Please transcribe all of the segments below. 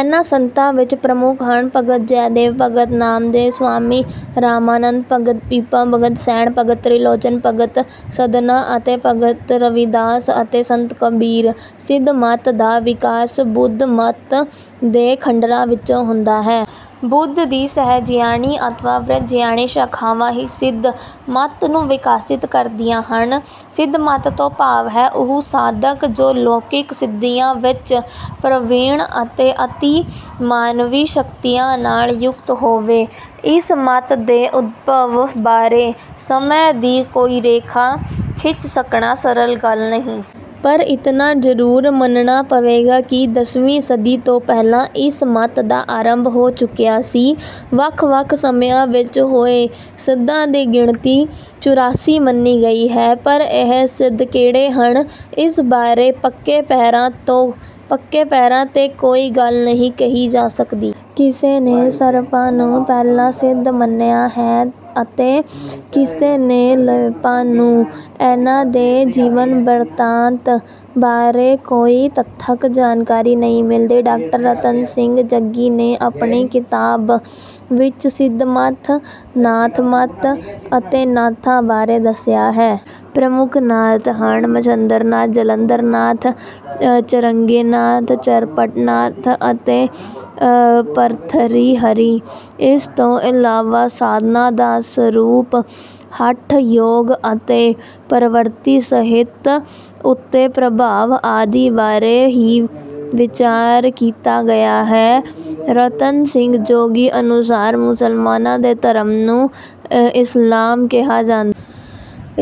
ਇਨ੍ਹਾਂ ਸੰਤਾਂ ਵਿੱਚ ਪ੍ਰਮੁੱਖ ਹਨ—ਭਗਤ ਜੈਦੇਵ, ਭਗਤ ਨਾਮਦੇਵ, ਸੁਆਮੀ ਰਾਮਾਨੰਦ, ਭਗਤ ਪੀਪਾ, ਭਗਤ ਸੈਣ, ਭਗਤ ਤ੍ਰਿਲੋਚਨ, ਭਗਤ ਸਧਨਾ, ਭਗਤ ਰਵਿਦਾਸ ਅਤੇ ਸੰਤ ਕਬੀਰ। ਸਿੱਧ ਮੱਤ ਦਾ ਵਿਕਾਸ ਬੁੱਧ ਮੱਤ ਦੇ ਖੰਡਰਾਂ ਵਿੱਚੋਂ ਹੁੰਦਾ ਹੈ। ਬੁੱਧ ਦੀ ਸਹਿਜਯਾਨੀ ਅਥਵਾ ਵਜ੍ਰਯਾਨੀ ਸ਼ਾਖਾਵਾਂ ਹੀ ਸਿੱਧ ਮੱਤ ਨੂੰ ਵਿਕਸਿਤ ਕਰਦੀਆਂ ਹਨ। ਸਿੱਧ ਮੱਤ ਤੋਂ ਭਾਵ ਹੈ—ਉਹ ਸਾਧਕ ਜੋ ਲੌਕਿਕ ਸਿੱਧੀਆਂ ਵਿੱਚ ਪ੍ਰਬੀਨ ਅਤੇ ਅਤਿ-ਮਾਨਵੀ ਸ਼ਕਤੀਆਂ ਨਾਲ ਯੁਕਤ ਹੋਵੇ। ਇਸ ਮੱਤ ਦੇ ਉਦਭਵ ਬਾਰੇ ਸਮੇਂ ਦੀ ਕੋਈ ਰੇਖਾ ਖਿੱਚ ਸਕਣਾ ਸਰਲ ਨਹੀਂ ਹੈ। ਪਰ ਇਤਨਾ ਜ਼ਰੂਰ ਮੰਨਣਾ ਪਵੇਗਾ ਕਿ ਦਸਵੀਂ ਸਦੀ ਤੋਂ ਪਹਿਲਾਂ ਇਸ ਮੱਤ ਦਾ ਆਰੰਭ ਹੋ ਚੁੱਕਿਆ ਸੀ। ਵੱਖ-ਵੱਖ ਸਮਿਆਂ ਵਿੱਚ ਹੋਏ ਸਿੱਧਾਂ ਦੀ ਗਿਣਤੀ ਚੁਰਾਸੀ ਮੰਨੀ ਗਈ ਹੈ। ਪਰ ਇਹ ਸਿੱਧ ਕਿਹੜੇ ਹਨ, ਇਸ ਬਾਰੇ ਪੱਕੇ ਪੈਰਾਂ ’ਤੇ ਕੋਈ ਗੱਲ ਨਹੀਂ ਕਹੀ ਜਾ ਸਕਦੀ। ਕਿਸੇ ਨੇ ਸਰਹਪਾ ਨੂੰ ਪਹਿਲਾ ਸਿੱਧ ਮੰਨਿਆ ਹੈ ਅਤੇ ਕਿਸੇ ਨੇ ਲੂਇਪਾ ਨੂੰ। ਇਨ੍ਹਾਂ ਦੇ ਜੀਵਨ-ਬਿਰਤਾਂਤ ਬਾਰੇ ਕੋਈ ਤੱਥਕ ਜਾਣਕਾਰੀ ਨਹੀਂ ਮਿਲਦੀ। ਡਾਕਟਰ ਰਤਨ ਸਿੰਘ ਜੱਗੀ ਨੇ ਆਪਣੀ ਕਿਤਾਬ ਵਿੱਚ ਸਿੱਧ ਮੱਤ, ਨਾਥ ਮੱਤ ਅਤੇ ਨਾਥਾਂ ਬਾਰੇ ਦੱਸਿਆ ਹੈ। ਪ੍ਰਮੁੱਖ ਨਾਥ ਹਨ—ਮਛੰਦਰ ਨਾਥ, ਜਲੰਧਰ ਨਾਥ, ਚੌਰੰਗੀਨਾਥ, ਚਰਪਟ ਨਾਥ ਅਤੇ ਭਰਥਰੀ ਹਰੀ। ਇਸ ਤੋਂ ਇਲਾਵਾ ਸਾਧਨਾ ਦਾ ਸਰੂਪ, ਹਠ ਯੋਗ ਅਤੇ ਪਰਵਰਤੀ ਸਾਹਿਤ ਉੱਤੇ ਪ੍ਰਭਾਵ ਆਦਿ ਬਾਰੇ ਵੀ ਵਿਚਾਰ ਕੀਤਾ ਗਿਆ ਹੈ। ਰਤਨ ਸਿੰਘ ਜੱਗੀ ਅਨੁਸਾਰ, ਮੁਸਲਮਾਨਾਂ ਦੇ ਧਰਮ ਨੂੰ ਇਸਲਾਮ ਕਿਹਾ ਜਾਂਦਾ ਹੈ।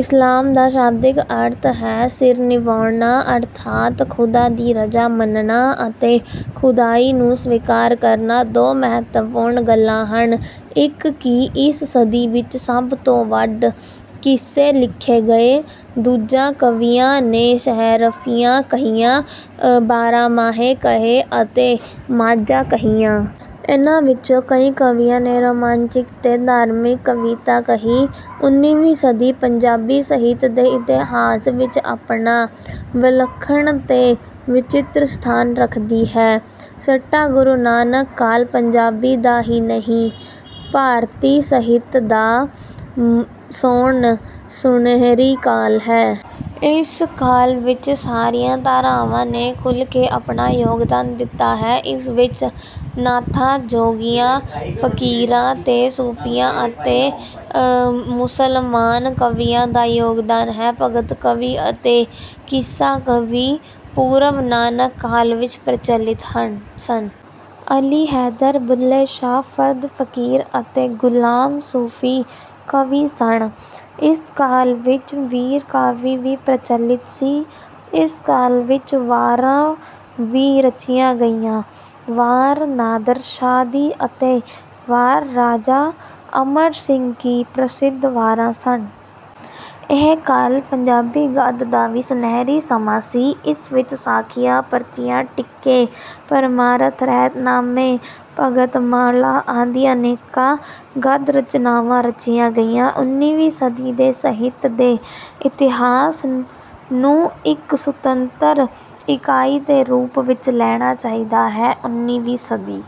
ਇਸਲਾਮ ਦਾ ਸ਼ਾਬਦਿਕ ਅਰਥ ਹੈ—ਸਿਰ ਨਿਵਾਉਣਾ, ਅਰਥਾਤ ਖ਼ੁਦਾ ਦੀ ਰਜ਼ਾ ਮੰਨਣਾ ਅਤੇ ਖ਼ੁਦਾਈ ਨੂੰ ਸਵੀਕਾਰ ਕਰਨਾ। ਦੋ ਮਹੱਤਵਪੂਰਨ ਗੱਲਾਂ ਹਨ। ਇੱਕ ਕਿ ਇਸ ਸਦੀ ਵਿੱਚ ਸਭ ਤੋਂ ਵੱਧ ਕਿੱਸੇ ਲਿਖੇ ਗਏ। ਦੂਜਾ, ਕਵੀਆਂ ਨੇ ਸ਼ੀਹਰਫ਼ੀਆਂ ਕਹੀਆਂ, ਬਾਰਾਂਮਾਹੇ ਕਹੇ ਅਤੇ ਮਾਝਾਂ ਕਹੀਆਂ। ਇਨ੍ਹਾਂ ਵਿੱਚੋਂ ਕਈ ਕਵੀਆਂ ਨੇ ਰੋਮਾਂਚਿਕ ਤੇ ਧਾਰਮਿਕ ਕਵਿਤਾ ਕਹੀ। ਉਨ੍ਹੀਵੀਂ ਸਦੀ ਪੰਜਾਬੀ ਸਾਹਿਤ ਦੇ ਇਤਿਹਾਸ ਵਿੱਚ ਆਪਣਾ ਵਿਲੱਖਣ ਤੇ ਵਚਿੱਤਰ ਸਥਾਨ ਰੱਖਦੀ ਹੈ। ਸਿੱਟਾ: ਗੁਰੂ ਨਾਨਕ ਕਾਲ ਪੰਜਾਬੀ ਦਾ ਹੀ ਨਹੀਂ, ਭਾਰਤੀ ਸਾਹਿਤ ਦਾ ਸੋਨ-ਸੁਨਹਿਰੀ ਕਾਲ ਹੈ। ਇਸ ਕਾਲ ਵਿੱਚ ਸਾਰੀਆਂ ਧਾਰਾਵਾਂ ਨੇ ਖੁੱਲ੍ਹ ਕੇ ਆਪਣਾ ਯੋਗਦਾਨ ਦਿੱਤਾ ਹੈ। ਇਸ ਵਿੱਚ ਨਾਥਾਂ, ਜੋਗੀਆਂ, ਫ਼ਕੀਰਾਂ ਤੇ ਸੂਫ਼ੀਆਂ ਅਤੇ ਮੁਸਲਮਾਨ ਕਵੀਆਂ ਦਾ ਯੋਗਦਾਨ ਹੈ। ਭਗਤ ਕਵੀ ਅਤੇ ਕਿੱਸਾ ਕਵੀ ਪੂਰਵ-ਨਾਨਕ ਕਾਲ ਵਿੱਚ ਪ੍ਰਚਲਿਤ ਸਨ। ਅਲੀ ਹੈਦਰ, ਬੁੱਲ੍ਹੇ ਸ਼ਾਹ, ਫ਼ਰਦ ਫ਼ਕੀਰ ਅਤੇ ਗੁਲਾਮ ਸੂਫ਼ੀ ਕਵੀ ਸਨ। ਇਸ ਕਾਲ ਵਿੱਚ ਵੀਰ-ਕਾਵਿ ਵੀ ਪ੍ਰਚਲਿਤ ਸੀ। ਇਸ ਕਾਲ ਵਿੱਚ ਵਾਰਾਂ ਵੀ ਰਚੀਆਂ ਗਈਆਂ। ‘ਵਾਰ ਨਾਦਰ ਸ਼ਾਹ ਦੀ’ ਅਤੇ ‘ਵਾਰ ਰਾਜਾ ਅਮਰ ਸਿੰਘ ਕੀ’ ਪ੍ਰਸਿੱਧ ਵਾਰਾਂ ਸਨ। ਇਹ ਕਾਲ ਪੰਜਾਬੀ ਗੱਦ ਦਾ ਵੀ ਸੁਨਹਿਰੀ ਸਮਾਂ ਸੀ। ਇਸ ਵਿੱਚ ਸਾਖੀਆਂ, ਪਰਚੀਆਂ, ਟੀਕੇ, ਪਰਮਾਰਥ, ਰਹਿਤਨਾਮੇ, ਭਗਤਮਾਲਾਂ ਆਦਿ ਅਨੇਕਾਂ ਗੱਦ-ਰਚਨਾਵਾਂ ਰਚੀਆਂ ਗਈਆਂ। ਉਨ੍ਹੀਵੀਂ ਸਦੀ ਦੇ ਸਾਹਿਤ ਦੇ ਇਤਿਹਾਸ ਨੂੰ ਇੱਕ ਸੁਤੰਤਰ ਇਕਾਈ ਦੇ ਰੂਪ ਵਿੱਚ ਲੈਣਾ ਚਾਹੀਦਾ ਹੈ। ਉਨ੍ਹੀਵੀਂ ਸਦੀ...